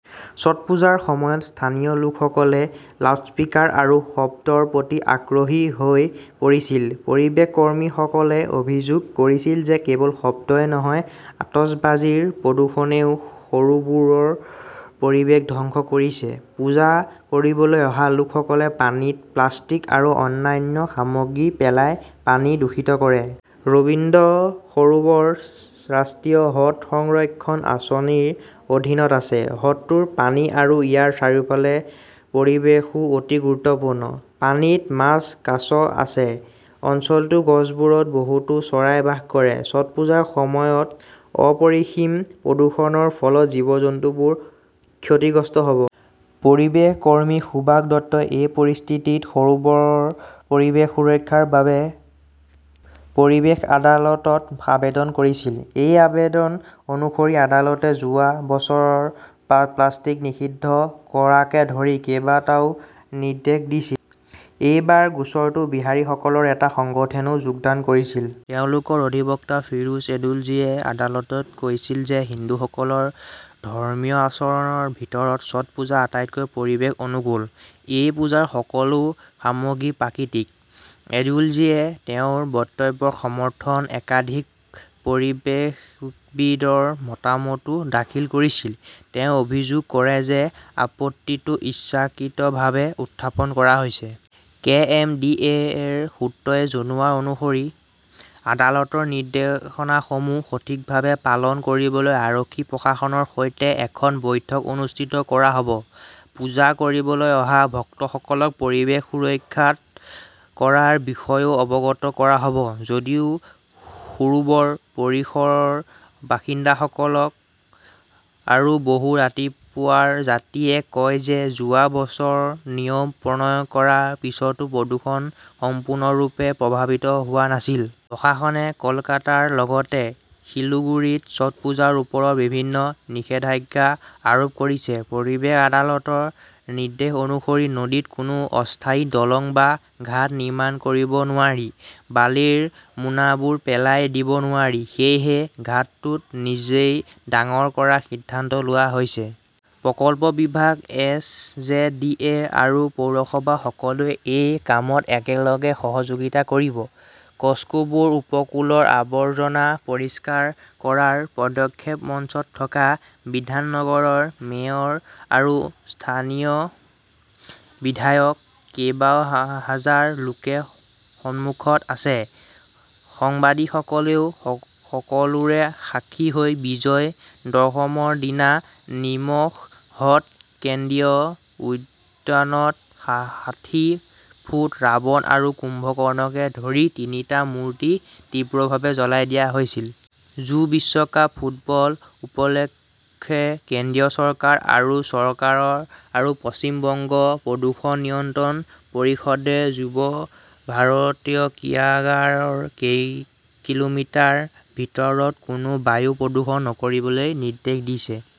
ছট পূজাৰ সময়ত স্থানীয় লোকসকলে লাউডস্পিকাৰ আৰু শব্দৰ প্ৰতি আগ্ৰহী হৈ পৰিছিল। পৰিৱেশ কৰ্মীসকলে অভিযোগ কৰিছিল যে কেৱল শব্দই নহয়, আতচবাজীৰ প্ৰদূষণেও সৰোবৰৰ পৰিৱেশ ধ্বংস কৰিছে। পূজা কৰিবলৈ অহা লোকসকলে পানীত প্লাষ্টিক আৰু অন্যান্য সামগ্ৰী পেলাই পানী দূষিত কৰে। ৰবীন্দ্ৰ সৰোবৰ ৰাষ্ট্ৰীয় হ্ৰদ সংৰক্ষণ আঁচনিৰ অধীনত আছে। হ্ৰদটোৰ পানী আৰু ইয়াৰ চাৰিওফালে পৰিৱেশও অতি গুৰুত্বপূৰ্ণ। পানীত মাছ, কাছ আছে। অঞ্চলটোৰ গছবোৰত বহুতো চৰাই বাস কৰে। ছট পূজাৰ সময়ত অপৰিসীম প্ৰদূষণৰ ফলত জীৱ-জন্তুবোৰ ক্ষতিগ্ৰস্ত হব। পৰিৱেশ কৰ্মী সুভাষ দত্তই এই পৰিস্থিতিত সৰোবৰৰ পৰিৱেশ সুৰক্ষাৰ বাবে পৰিৱেশ আদালতত আবেদন কৰিছিল। এই আবেদন অনুসৰি আদালতে যোৱা বছৰ প্লাষ্টিক নিষিদ্ধ কৰাকে ধৰি কেইবাটাও নিৰ্দেশ দিছিল। এইবাৰ গোচৰটো বিহাৰীসকলৰ এটা সংগঠনেও যোগদান কৰিছিল। তেওঁলোকৰ অধিবক্তা ফিৰোজ এডুলজীয়ে আদালতত কৈছিল যে হিন্দুসকলৰ ধৰ্মীয় আচৰণৰ ভিতৰত ছট পূজা আটাইতকৈ পৰিৱেশ অনুকূল। এই পূজাৰ সকলো সামগ্ৰী প্ৰাকৃতিক। এডুলজীয়ে তেওঁৰ বক্তব্যৰ সমৰ্থন একাধিক পৰিৱেশবিদৰ মতামতও দাখিল কৰিছিল। তেওঁ অভিযোগ কৰে যে আপত্তিটো ইচ্ছাকৃতভাৱে উত্থাপন কৰা হৈছে। কে. এম. ডি. এ. এৰ সূত্ৰই জনোৱা অনুসৰি আদালতৰ নিৰ্দেশনাসমূহ সঠিকভাৱে পালন কৰিবলৈ আৰক্ষী-প্ৰশাসনৰ সৈতে এখন বৈঠক অনুষ্ঠিত কৰা হব। পূজা কৰিবলৈ অহা ভক্তসকলক পৰিৱেশ সুৰক্ষাত কৰাৰ বিষয়েও অৱগত কৰা হব। যদিও সৰোবৰ পৰিসৰৰ বাসিন্দাসকলক আৰু বহু ৰাতিপুৱাৰ যাত্ৰীয়ে কয় যে যোৱা বছৰ নিয়ম প্ৰণয়ন কৰাৰ পিছতো প্ৰদূষণ সম্পূৰ্ণৰূপে প্ৰভাৱিত হোৱা নাছিল। প্ৰশাসনে কলকাতাৰ লগতে শিলুগুড়িত ছট পূজাৰ ওপৰত বিভিন্ন নিষেধাজ্ঞা আৰোপ কৰিছে। পৰিৱেশ আদালতৰ নিৰ্দেশ অনুসৰি নদীত কোনো অস্থায়ী দলং বা ঘাট নিৰ্মাণ কৰিব নোৱাৰি। বালিৰ মোনাবোৰ পেলাই দিব নোৱাৰি। সেয়েহে ঘাটটো নিজেই ডাঙৰ কৰাৰ সিদ্ধান্ত লোৱা হৈছে। প্ৰকল্প বিভাগ, এছ. জে. ডি. এ. আৰু পৌৰসভা-সকলোৱে এই কামত একেলগে সহযোগিতা কৰিব। কক্সুবুৰ উপকূলৰ আৱৰ্জনা পৰিষ্কাৰ কৰাৰ পদক্ষেপ মঞ্চত থকা বিধাননগৰৰ মেয়ৰ আৰু স্থানীয় বিধায়ক। কেইবা হাজাৰ লোকে সন্মুখত আছে, সংবাদিকসকলেও সকলোৰে সাক্ষী হৈ বিজয় দশমৰ দিনা নিমখ হ্ৰদ কেন্দ্ৰীয় উদ্যানত ষাঠি ফুট ৰাৱণ আৰু কুম্ভকৰ্ণকে ধৰি তিনিটা মূৰ্তি তীব্ৰভাৱে জ্বলাই দিয়া হৈছিল। যু- বিশ্বকাপ ফুটবল উপলক্ষে কেন্দ্ৰীয় চৰকাৰ, আৰু চৰকাৰ আৰু পশ্চিম বংগ প্ৰদূষণ নিয়ন্ত্ৰণ পৰিষদে যুৱ ভাৰতী ক্ৰীড়াগাৰৰ কেইকিলোমিটাৰ ভিতৰত কোনো বায়ু প্ৰদূষণ নকৰিবলৈ নিৰ্দেশ দিছে।